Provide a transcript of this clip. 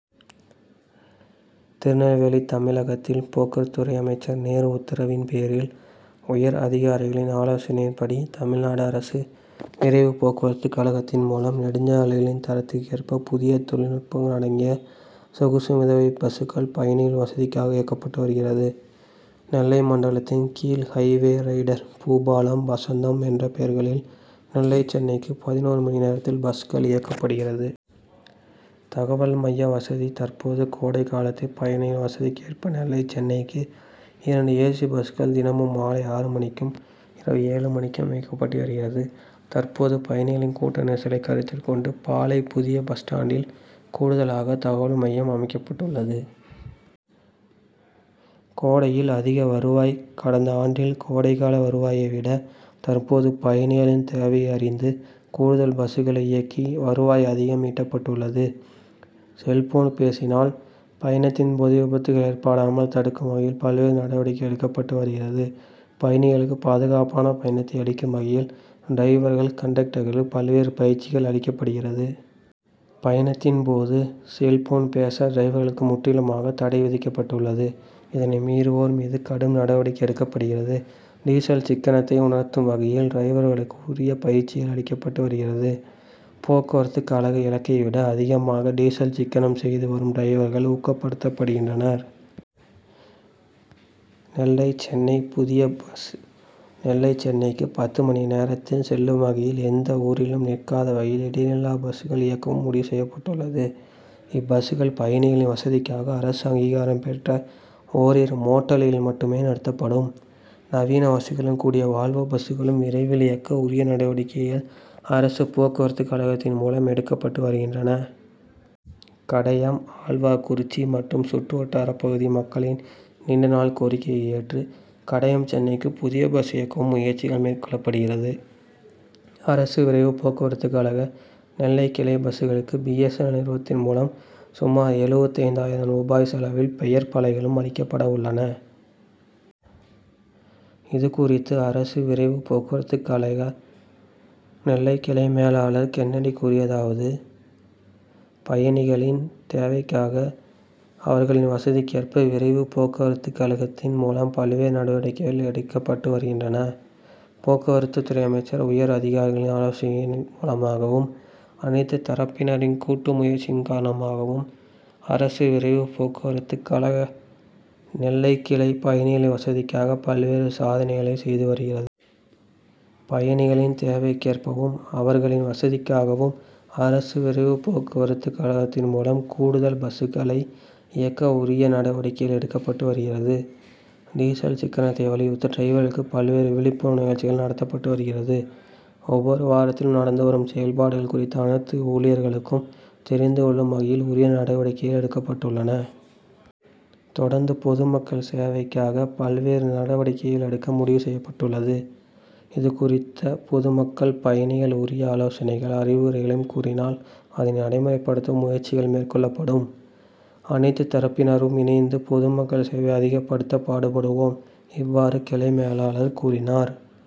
திருநெல்வேலி தமிழகத்தில் போக்குவரத்து துறை அமைச்சர் நேரு உத்தரவின் பேரில் உயர் அதிகாரிகளின் ஆலோசனையின்படி தமிழ்நாடு அரசு விரைவு போக்குவரத்து கழகத்தின் மூலம் நெடுஞ்சாலைகளின் தரத்திற்கு ஏற்ப புதிய தொழில் நுட்பங்கள் அடங்கிய சொகுசு மிதவை பஸ்கள் பயணிகளின் வசதிக்காக இயக்கப்பட்டு வருகிறது. நெல்லை மண்டலத்தின் கீழ் highway rider Boopalam, Vasantham' என்ற பெயர்களில் நெல்லை சென்னைக்கு பதினொன்று மணி நேரத்தில் பஸ்கள் இயக்கப்படுகிறது. தகவல் மைய வசதி தற்போது கோடை காலத்தில் பயணிகளின் வசதிக்கு ஏற்ப நெல்லை சென்னைக்கு இரண்டு ஏ. சி பஸ்கள் தினமும் மாலை ஆறு மணிக்கும், இரவு ஏழு மணிக்கும் இயக்கப்பட்டு வருகிறது. தற்போது பயணிகளின் கூட்ட நெரிசலை கருத்தில் கொண்டு பாளை புதிய பஸ்ஸ்டான்டில் கூடுதலாக தகவல் மையம் அமைக்கப்பட்டுள்ளது. கோடையில் அதிக வருவாய் கடந்த ஆண்டில் கோடை கால வருவாயை விட தற்போது பயணிகளின் தேவையை அறிந்து கூடுதல் பஸ்களை இயக்கி வருவாய் அதிகம் ஈட்டப்பட்டுள்ளது. செல்போன் பேசினால் பயணத்தின் போது விபத்துக்கள் ஏற்படாமல் தடுக்கும் வகையில் பல்வேறு நடவடிக்கைகள் எடுக்கப்பட்டு வருகிறது. பயணிகளுக்கு பாதுகாப்பான பயணத்தை அளிக்கும் வகையில் டிரைவர்கள், கண்டக்டர்களுக்கு பல்வேறு பயிற்சிகள் அளிக்கப்படுகிறது. பயணத்தின் போது செல்போன் பேச டிரைவர்களுக்கு முற்றிலுமாக தடை விதிக்கப்பட்டுள்ளது. இதனை மீறுவோர் மீது கடும் நடவடிக்கை எடுக்கப்படுகிறது. டீசல் சிக்கனத்தை உணர்த்தும் வகையில் டிரைவர்களுக்கு உரிய பயிற்சிகள் அளிக்கப்பட்டு வருகிறது. போக்குவரத்து கழக இலக்கை விட அதிகமாக டீசல் சிக்கனம் செய்து வரும் டிரைவர்கள் ஊக்கப்படுத்தப்படுகின்றனர். நெல்லை சென்னை புதிய பஸ் நெல்லை சென்னைக்கு பத்து மணி நேரத்தில் செல்லும் வகையில் எந்த ஊரிலும் நிற்காத வகையில் இடைநில்லா பஸ்கள் இயக்கவும் முடிவு செய்யப்பட்டுள்ளது. இப்பஸ்கள் பயணிகளின் வசதிக்காக அரசு அங்கீகாரம் பெற்ற ஓரிரு மோட்டல்களில் மட்டுமே நிறுத்தப்படும். நவீன வசதிகளுடன் கூடிய வால்வோ பஸ்களும் விரைவில் இயக்க உரிய நடவடிக்கைகள் அரசு போக்குவரத்து கழகத்தின் மூலம் எடுக்கப்பட்டு வருகின்றன. கடையம், ஆழ்வார்குறிச்சி மற்றும் சுற்று வட்டார பகுதி மக்களின் நீண்ட நாள் கோரிக்கையை ஏற்று கடையம் சென்னைக்கு புதிய பஸ் இயக்கவும் முயற்சிகள் மேற்கொள்ளப்படுகிறது. அரசு விரைவு போக்குவரத்து கழக நெல்லை கிளை பஸ்களுக்கு பி. எஸ். என். எல் நிறுவனத்தின் மூலம் சுமார் எழுபத்தைந்து ஆயிரம் ரூபாய் செலவில் பெயர் பலகைகளும் அளிக்கப்பட உள்ளன. இதுகுறித்து அரசு விரைவு போக்குவரத்து கழக நெல்லை கிளை மேலாளர் கென்னடி கூறியதாவது பயணிகளின் தேவைக்காக அவர்களின் வசதிக்கேற்ப விரைவு போக்குவரத்து கழகத்தின் மூலம் பல்வேறு நடவடிக்கைகள் எடுக்கப்பட்டு வருகின்றன. போக்குவரத்து துறை அமைச்சர், உயர் அதிகாரிகளின் ஆலோசனையின் மூலமாகவும், அனைத்து தரப்பினரின் கூட்டு முயற்சியின் காரணமாகவும் அரசு விரைவு போக்குவரத்து கழக நெல்லை கிளை பயணிகளின் வசதிக்காக பல்வேறு சாதனைகளை செய்து வருகிறது. பயணிகளின் தேவைக்கேற்பவும், அவர்களின் வசதிக்காகவும் அரசு விரைவு போக்குவரத்து கழகத்தின் மூலம் கூடுதல் பஸ்களை இயக்க உரிய நடவடிக்கைகள் எடுக்கப்பட்டு வருகிறது. டீசல் சிக்கனத்தை வலியுறுத்தி டிரைவர்களுக்கு பல்வேறு விழிப்புணர்வு நிகழ்ச்சிகள் நடத்தப்பட்டு வருகிறது. ஒவ்வொரு வாரத்திலும் நடந்து வரும் செயல்பாடுகள் குறித்து அனைத்து ஊழியர்களும் தெரிந்து கொள்ளும் வகையில் உரிய நடவடிக்கைகள் எடுக்கப்பட்டுள்ளன. தொடர்ந்து பொதுமக்கள் சேவைக்காக பல்வேறு நடவடிக்கைகள் எடுக்க முடிவு செய்யப்பட்டுள்ளது. இதுகுறித்த பொதுமக்கள், பயணிகள் உரிய ஆலோசனைகள், அறிவுரைகளையும் கூறினால் அதனை நடைமுறைப்படுத்தவும் முயற்சிகள் மேற்கொள்ளப்படும். அனைத்து தரப்பினரும் இணைந்து பொதுமக்கள் சேவையை அதிகப்படுத்த பாடுபடுவோம். இவ்வாறு கிளை மேலாளர் கூறினார்.